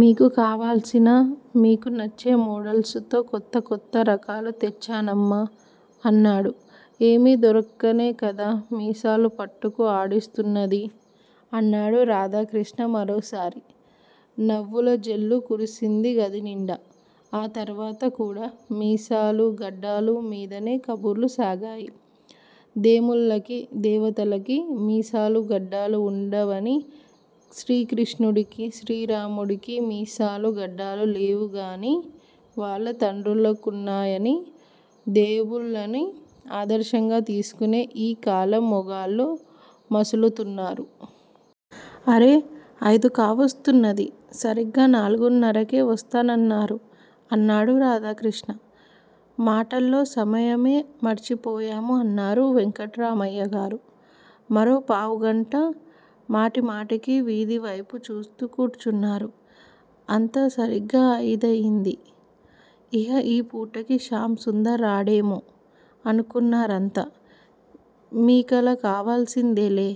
మీకు కావలసిన మీకు నచ్చే మోడల్సుతో కొత్త కొత్త రకాలు తెచ్చానమ్మా! అన్నాడు. ఏమి దొరక్కనే కదా మీసాలు పట్టుకు ఆడిస్తున్నది? అన్నాడు రాధాకృష్ణ మరోసారి. నవ్వుల జల్లు కురిసింది గది నిండా. ఆ తర్వాత కూడా మీసాలు గడ్డాలు మీదనే కబుర్లు సాగాయి. దేముళ్ళకి దేవతలకి మీసాలు గడ్డాలు వుండవని శ్రీకృష్ణుడికి, శ్రీరాముడికి మీసాలు గడ్డాలు లేవుగాని వాళ్ళ తండ్రులకున్నాయని దేముళ్ళని ఆదర్శంగా తీసుకునే ఈ కాలం మగాళ్ళు మసులుతున్నారు. అరె అయిదు కావస్తున్నది. సరీగా నాలుగున్నరకే వస్తానన్నారు. అన్నాడు రాధాకృష్ణ. మాటల్లో సమయమే మర్చిపోయాము అన్నారు వెంకట్రామయ్యగారు. మరో పావు గంట మాటి మాటికి వీధి వైపు జూస్తూ కూర్చున్నారు. అంతా సరీగ అయిదయింది. ఇహ ఈ పూటకి శ్యామ్ సుందర్ రాడేమో? అనుకున్నారంతా. మీకలా కావసిందేలే,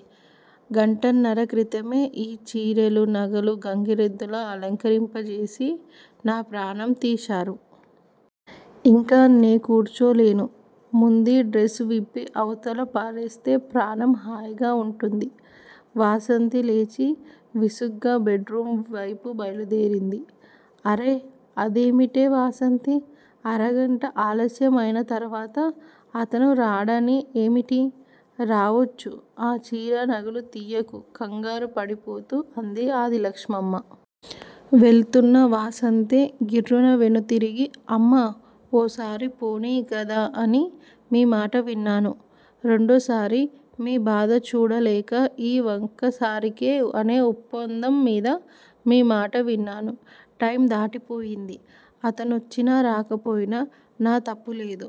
గంటన్నర క్రితమే ఈ చీరలు నగలు గంగిరెద్దులా అలంకరింపజేసి నా ప్రాణం తీశారు. ఇంక నేకూర్చోలేను. ముందీ డ్రస్ విప్పి అవతల పారేస్తే ప్రాణం హాయిగా వుంటుంది. వాసంతి లేచి విసుగ్గా బెడ్ రూమ్ వైపు బయలుదేరింది. అరె అదేమిటే వాసంతీ? అరగంట ఆలస్యం అయిన తర్వాత అతను రాడని ఏమిటి? రావచ్చు ఆ చీర నగలు తియ్యకు కంగారు పడిపోతూ అంది ఆదిలక్ష్మమ్మ. వెళుతున్న వాసంతి గిర్రున వెనుతిరిగి అమ్మా ఓసారి పోనీ కదా అని మీ మాట విన్నాను. రెండోసారి మీ బాధ జూడలేక ఈ వక్కసారికే అనే వప్పందంమీద మీ మాట విన్నాను. టైమ్ దాటిపోయింది. అతనొచ్చినా రాకపోయినా నా తప్పులేదు.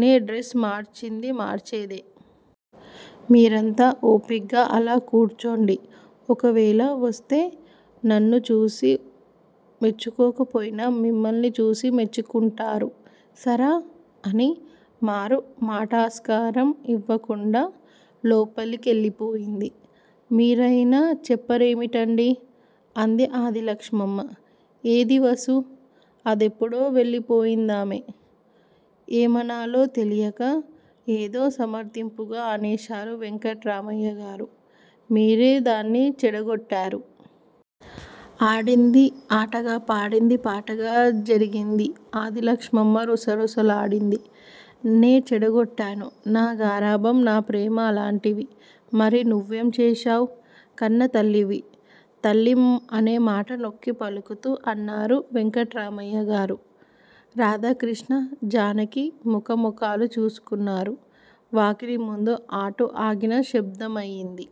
నే డ్రస్ మార్చేది మార్చేదే. మీరంతా ఓపిగ్గా అలా కూర్చోండి ఓవేళ వస్తే నన్ను చూసి మెచ్చుకోకపోయినా మిమ్మల్ని చూసి మెచ్చుకుంటారు సరా! అని మారు మాటకాస్కారం యివ్వకుండా లోపలికెళ్ళిపోయింది. మీరయినా చెప్పరేమిటండి? అంది ఆదిలక్ష్మమ్మ. ఏది వాసు? అదెప్పుడో వెళ్లిపోయిందామె? ఏమనాలో తెలియక ఏదో సమర్ధింపుగా అనేశారు వెంకట్రామయ్యగారు. మీరే దాన్ని చెడగొట్టారు. ఆడింది ఆటగా పాడింది పాటగా జరిగింది ఆదిలక్ష్మమ్మ రుసరుసలాడింది. నే చెడగొట్టాను. నా గారాభం నాప్రేమ అలాంటివి. మరి నువ్వేం చేశావ్, కన్నతల్లివి? తల్లి అనేమాట నొక్కి పలుకుతూ అన్నారు వెంకట్రామయ్య గారు. రాధాకృష్ణ, జానకి ముఖ ముఖాలు చూసుకున్నారు. వాకిలి ముందు ఆటో ఆగిన శబ్దమయింది.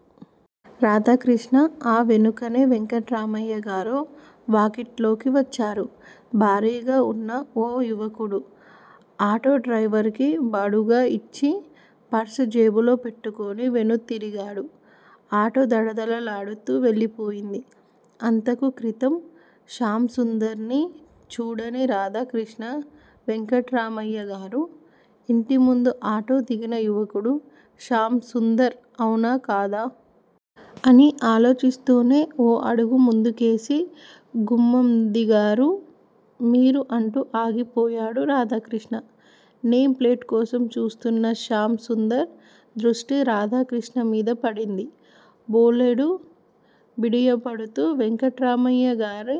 రాధాకృష్ణ ఆ వెనుకనే వెంకట్రామయ్య గారు వాకిట్లోకి వచ్చారు. భారీగా వున్న ఓ యువకుడు. ఆటో డ్రైవర్ కి బాడుగ యిచ్చి పర్స జేబులో పెట్టుకుని వెనుతిరిగాడు. ఆటో దడదడలాడుతూ వెళ్ళిపోయింది. అంతకు క్రితం శ్యామ్ సుందర్ ని జూడని రాధాకృష్ణ వెంకట్రామయ్య గారు, ఇంటి ముందు ఆటో దిగిన యువకుడు శ్యామ్ సుందర్ అవునా కాదా! అని ఆలోచిస్తూనే ఓ అడుగు ముందుకేసి గుమ్మంది గారు. మీరు! అంటూ ఆగిపోయాడు రాధాకృష్ణ. నేమ్ ప్లేట్ కోసం చూస్తున్న శ్యామ్ సుందర్ దృష్టి రాధాకృష్ణ మీద పడింది. బోలెడు బిడియపడుతూ వెంకట్రామయ్యగారి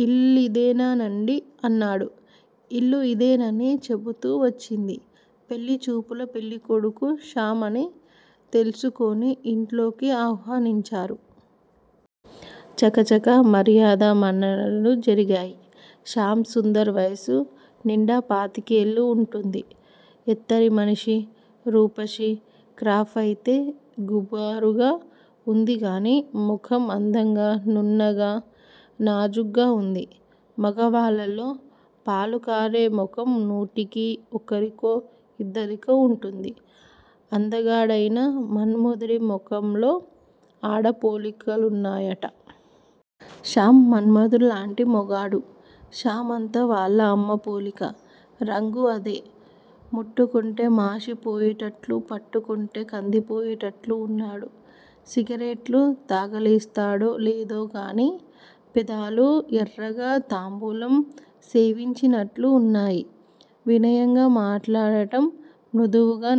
యిల్లుయిదేనాండి! అన్నాడు. ఇల్లు యిదేనని చెపుతు వచ్చింది. పెళ్లిచూపుల పెళ్ళికొడుకు శ్యామ్ అని తెల్సుకుని ఇంట్లోకి ఆహ్వానించారు. చకచక మర్యాద మన్ననలు జరిగాయి. శ్యామ్ సుందర్ వయసు నిండా పాతికేళ్ళు వుంటుంది. ఎత్తరి మనిషి, రూపశి, క్రాఫయితే గుబురుగా వుందిగాని ముఖం అందంగా నున్నగా నాజూగ్గా వుంది. మగవాళ్ళల్లో పాలుకారే ముఖం నూటికి ఒకరికో యిద్దరికో వుంటుంది. అందగాడయిన మన్మధుడి మొహంలో ఆడ పోలికలున్నాయట. శ్యామ్ మన్మధుడిలాంటి మగాడు. శ్యామ్ అంతా వాళ్ళ అమ్మ పోలిక. రంగూ అదే. ముట్టుకుంటే మాశి పోయేటట్లు పట్టుకుంటే కందిపోయేటట్లు వున్నాడు. సిగరెట్లు తగలేస్తాడో లేదోగాని పెదవులు ఎర్రగా తాంబూలం సేవించినట్లు వున్నాయి. వినయంగా మాట్లాడటం మృదువుగా నవ్వటం